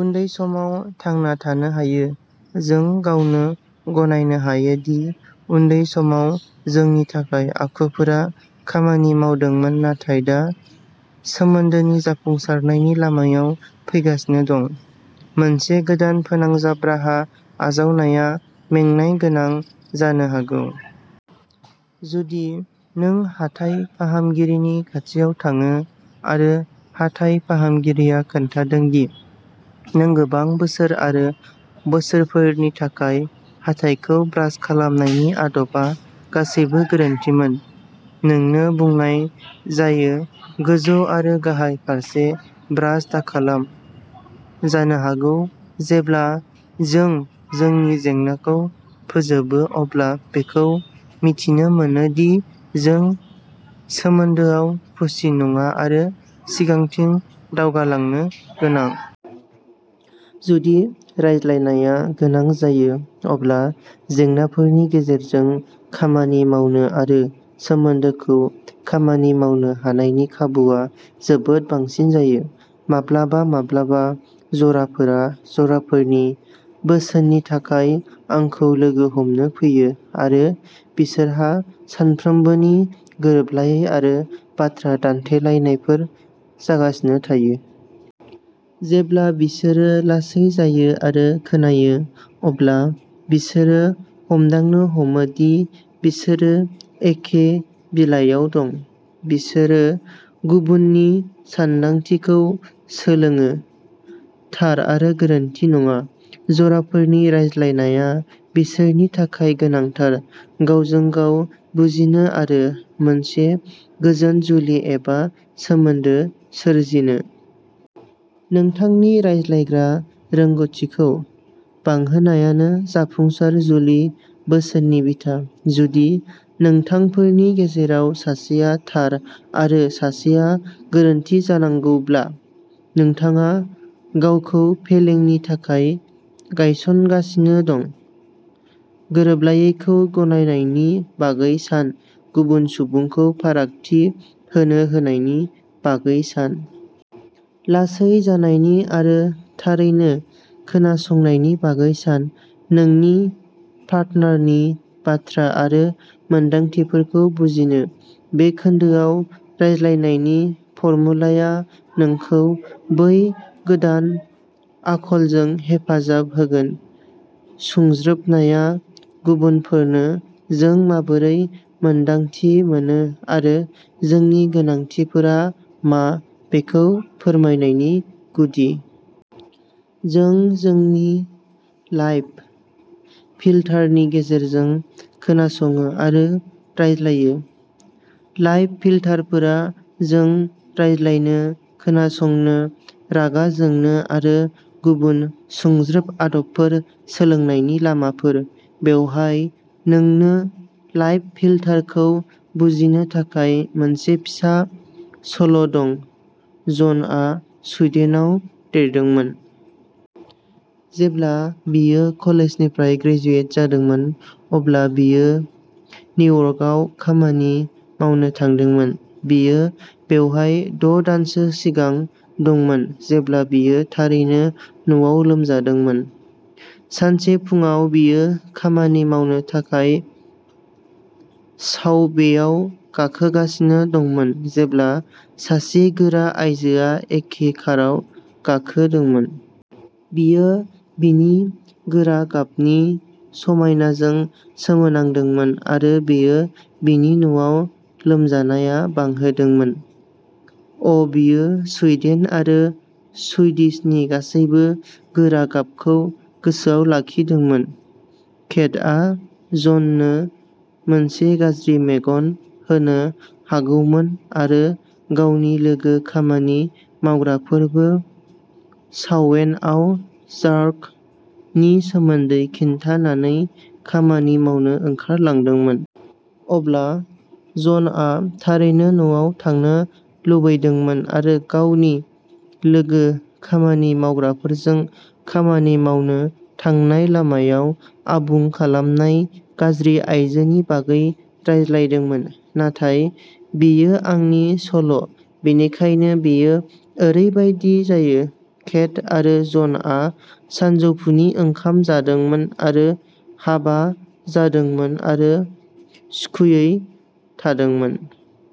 उन्दै समाव थांना थानो हायो। जों गावनो गनायनो हायो दि उन्दै समाव जोंनि थाखाय आखुफोरा खामानि मावदोंमोन नाथाय दा सोमोन्दोनि जाफुंसारनायनि लामायाव फैगासिनो दं। मोनसे गोदान फोनांजाब राहा आजावनाया मेंनाय गोनां जानो हागौ। जुदि नों हाथाइ फाहामगिरिनि खाथियाव थाङो आरो हाथाइ फाहामगिरिया खोन्थादों दि नों गोबां बोसोर आरो बोसोरफोरनि थाखाय हाथाइखौ ब्रास खालामनायनि आदबआ गासैबो गोरोन्थिमोन। नोंनो बुंनाय जायो गोजौ आरो गाहाय फारसे ब्रास दाखालाम जानो हागौ जेब्ला जों जोंनि जेंनाखौ फोजोबो अब्ला बेखौ मिथिनो मोनो दि जों सोमोन्दोआव खुसि नङा आरो सिगांथिं दावगालांनो गोनां। जुदि रायज्लायनाया गोहोम गोनां जायो, अब्ला जेंनाफोरनि गेजेरजों खामानि मावनो आरो सोमोन्दोखौ खामानि मावनो हानायनि खाबुआ जोबोद बांसिन जायो। माब्लाबा माब्लाबा जराफोरा जराफोरनि बोसोननि थाखाय आंखौ लोगो हमनो फैयो आरो बिसोरहा सानफ्रोमबोनि गोरोबलायै आरो बाथ्रा दान्थेलायनायफोर जागासिनो थायो। जेब्ला बिसोरो लासै जायो आरो खोनायो, अब्ला बिसोरो हमदांनो हमो दि बिसोरो एखे बिलायाव दं। बिसोरो गुबुन नि सानदांथिखौ सोलोङो, थार आरो गोरोन्थि नङा। जराफोरनि रायलायनाया बिसोरनि थाखाय गोनांथार, गावजों गाव बुजिनो आरो मोनसे गोजोन जुलि एबा सोमोन्दो सोरजिनो। नोंथांनि रायलायग्रा रोंग'थिखौ बांहोनायानो जाफुंसार जुलि बोसोननि बिथा। जुदि नोंथांफोरनि गेजेराव सासेया थार आरो सासेया गोरोन्थि जानांगौब्ला नोंथाङा गावखौ फेलेंनि थाखाय गायसनगासिनो दं। गोरोबलायैखौ गनायनायनि बागै सान। गुबुन सुबुंखौ फारागथि होनो होनायनि बागै सान। लासै जानायनि आरो थारैनो खोनासंनायनि बागै सान। नोंनि पार्टनारनि बाथ्रा आरो मोन्दांथिफोरखौ बुजिनो। बे खोन्दोआव रायज्लायनायनि फर्मुलाया नोंखौ बै गोदान आखलजों हेफाजाब होगोन। सुंज्रोबनाया गुबुनफोरनो जों माबोरै मोन्दांथि मोनो आरो जोंनि गोनांथिफोरा मा बेखौ फोरमायनायनि गुदि। जों जोंनि लाइफ फिल्टार नि गेजेरजों खोनासङो आरो रायज्लायो। लाइफ फिल्टारफोरा जों रायज्लायनो, खोनासंनो, रागा जोंनो आरो गुबुन सुंज्रोब आदबफोर सोलोंनायनि लामाफोर। बेवहाय नोंनो लाइफ फिल्टार खौ बुजिनो थाखाय मोनसे फिसा सल'दं। जनआ सुइडेनाव देरदोंमोन। जेब्ला बियो कलेजनिफ्राय ग्रेजुवेट जादोंमोन, अब्ला बियो निउयार्कआव खामानि मावनो थांदोंमोन। बियो बेवहाय द'दानसो सिगां दंमोन जेब्ला बियो थारैनो न'आव लोमजादोंमोन। सानसे फुंआव बियो खामानि मावनो थाखाय साबवेआव गाखोगासिनो दंमोन जेब्ला सासे गोरा आयजोआ एखे काराव गाखोदोंमोन। बियो बिनि गोरा गाबनि समायनाजों सोमोनांदोंमोन आरो बेयो बिनि न'आव लोमजानाया बांहोदोंमोन। अ'बियो सुइडेन आरो सुइडिशनि गासैबो गोरा गाबखौ गोसोआव लाखिदोंमोन। केटआ जननो मोनसे गाज्रि मेगन होनो हागौमोन आरो गावनि लोगो खामानि मावग्राफोरनो साबवेआव जार्क नि सोमोन्दै खिन्थानानै खामानि मावनो ओंखारलांदोंमोन। अब्ला जनआ थारैनो न'आव थांनो लुबैदोंमोन आरो गावनि लोगो खामानि मावग्राफोरजों खामानि मावनो थांनाय लामायाव आबुं खालामनाय गाज्रि आइजोनि बागै रायज्लायदोंमोन। नाथाय बेयो आंनि सल' बेनिखायनो बेयो ओरैबायदि जायो। केट आरो जनआ सानजौफुनि ओंखाम जादोंमोन आरो हाबा जादोंमोन आरो सुखुयै थादोंमोन।